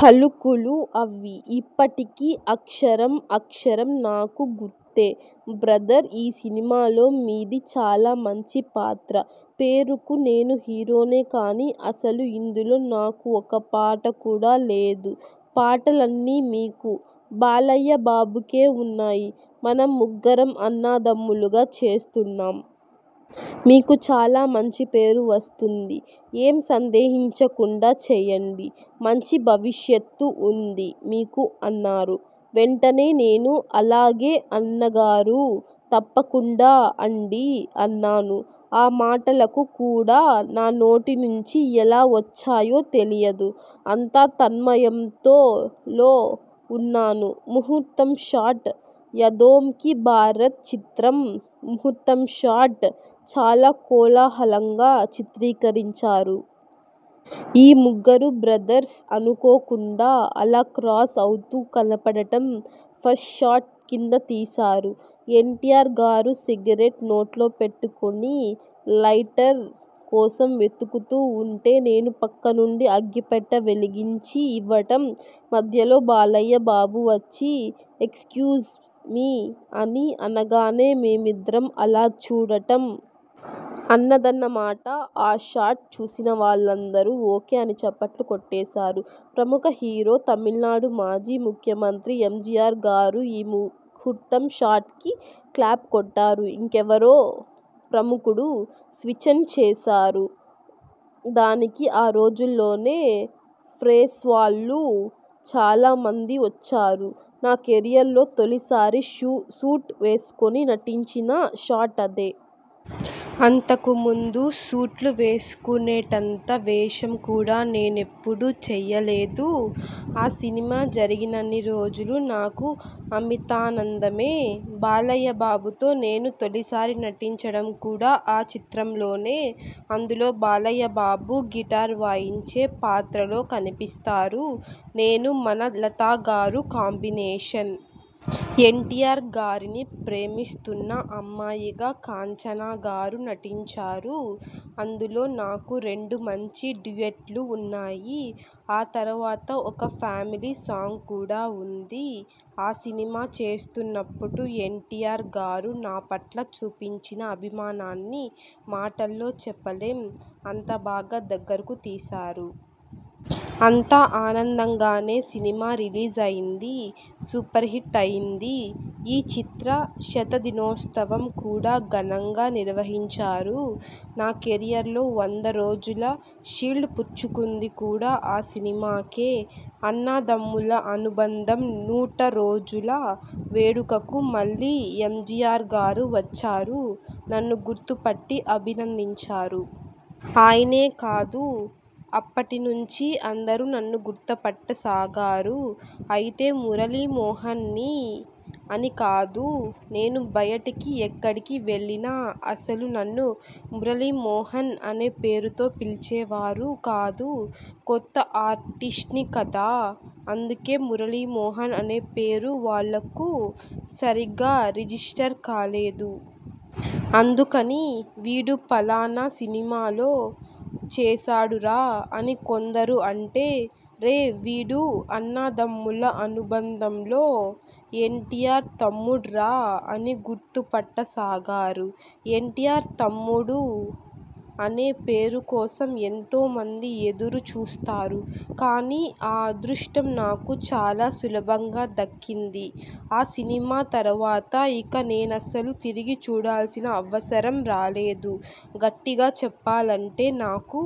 పలుకులు అవి. ఇప్పటికీ అక్షరం, అక్షరం నాకు గుర్తే. 'బ్రదర్ ఈ సినిమాలో మీది చాలా మంచి పాత్ర. పేరుకు నేను హీరోనే కానీ, అసలు ఇందులో నాకు ఒక్కపాట కూడా లేదు. పాటలన్నీ మీకూ, బాలయ్య బాబుకే ఉన్నాయి. మనం ముగ్గురం అన్నదమ్ములుగా చేస్తున్నాం. మీకు చాలా మంచిపేరు వస్తుంది. ఏం సందేహించకుండా చేయండి. మంచి భవిష్యత్తు ఉంది మీకు' అన్నారు. వెంటనే నేను ''అలాగే అన్నగారూ.. తప్పకుండా అండీ'' అన్నాను. ఆ మాటలు కూడా నా నోటినుంచి ఎలా వచ్చాయో తెలియదు. అంత తన్మయత్వంలో ఉన్నాను. ముహూర్తం షాట్. యాదోం కి బారాత్ చిత్రం 'ముహూర్తం షాట్' చాలా కోలాహలంగా చిత్రీకరించారు. ఈ ముగ్గురు బ్రదర్స్ అనుకోకుండా అలా క్రాస్ అవుతూ కనపడటం ఫస్ట్ షాట్ కింద తీశారు. ఎన్టీఆర్ గారు సిగరెట్ నోట్లో పెట్టుకుని లైటర్ కోసం వెతుకుతూ ఉంటే, నేను పక్కనుండి అగ్గిపెట్టె వెలిగించి ఇవ్వడం, మధ్యలో బాలయ్య బాబు వచ్చి 'ఎక్స్ క్యూజ్మీ' అని అనగానే మేమిద్దరం అలా చూడటం.. అదన్నమాట ఆ షాట్. చూసిన వాళ్లందరూ ఓకే అని చప్పట్లు కొట్టేశారు. ప్రముఖ హీరో, తమిళనాడు మాజీ ముఖ్యమంత్రి ఎంజీఆర్ గారు ఈ ముహూర్తం షాట్కి క్లాప్ కొట్టారు. ఇంకెవరో ప్రముఖుడు స్విచ్ఛాన్ చేశారు. దానికి ఆ రోజుల్లోనే ప్రెస్వాళ్లు చాలా మంది వచ్చారు. నా కెరీర్లో తొలి సారి సూట్ వేసుకుని నటించిన షాట్ అదే. అంతకు ముందు సూట్లు వేసుకునేటంత వేషం కూడా నేనెప్పుడూ చేయలేదు. ఆ సినిమా జరిగినన్ని రోజులూ నాకు అమితానందమే. బాలయ్య బాబుతో నేను తొలిసారి నటించడం కూడా ఆ చిత్రంలోనే. అందులో బాలయ్య బాబు గిటార్ వాయించే పాత్రలో కనిపిస్తారు. నేనూ మన లతగారూ కాంబినేషన్. ఎన్టీఆర్ గారిని ప్రేమిస్తున్న అమ్మాయిగా కాంచన గారు నటించారు. అందులో నాకు రెండు మంచి డ్యూయట్లు ఉన్నాయి. ఆ తర్వాత ఒక ఫ్యామిలీ సాంగ్ కూడా ఉంది. ఆ సినిమా చేస్తున్నప్పుడు ఎన్టీఆర్ గారు నాపట్ల చూపించిన అభిమానాన్ని మాటల్లో చెప్పలేం. అంత బాగా దగ్గరకు తీశారు. అంత ఆనందంగానే సినిమా రిలీజైంది. సూపర్ హిట్ అయింది. ఈ చిత్ర శతదినోత్సవం కూడా ఘనంగా నిర్వహించారు. నా కెరీర్లో వంద రోజుల షీల్డ్ పుచ్చుకుంది కూడా ఆ సినిమాకే. 'అన్నదమ్ముల అనుబంధం' నూట రోజుల వేడుకకు మళ్లీ ఎంజీఆర్ గారు వచ్చారు నన్ను గుర్తుపట్టి అభినందించారు. ఆయనే కాదు, అప్పటినుంచి అందరూ నన్ను గుర్తుపట్ట సాగారు. అయితే మురళీమోహన్ అని కాదు. నేను బయటికి ఎక్కడికి వెళ్లినా అసలు నన్ను మురళీమోహన్ అనే పేరుతో పిలిచేవారు కాదు. కొత్త ఆర్టిస్ట్ని కదా. అందుకే మురళీమోహన్ అనే పేరు వాళ్లకు సరిగా రిజిస్టర్ కాలేదు. అందుకని 'వీడు ఫలానా సినిమాలో చేశాడురా' అని కొందరు అంటే, 'రేయ్.. వీడు అన్నదమ్ముల అనుబంధంలో, ఎన్టీఆర్ తమ్ముడురా' అని గుర్తుపట్ట సాగారు. ఎన్టీఆర్ తమ్ముడు అనే పేరుకోసం ఎంతోమంది ఎదురు చూస్తారు. కానీ ఆ అదృష్టం నాకు చాలా సులభంగా దక్కింది. ఆ సినిమా తర్వాత ఇక నేనసలు తిరిగి చూడాల్సిన అవసరం రాలేదు. గట్టిగా చెప్పాలంటే నాకు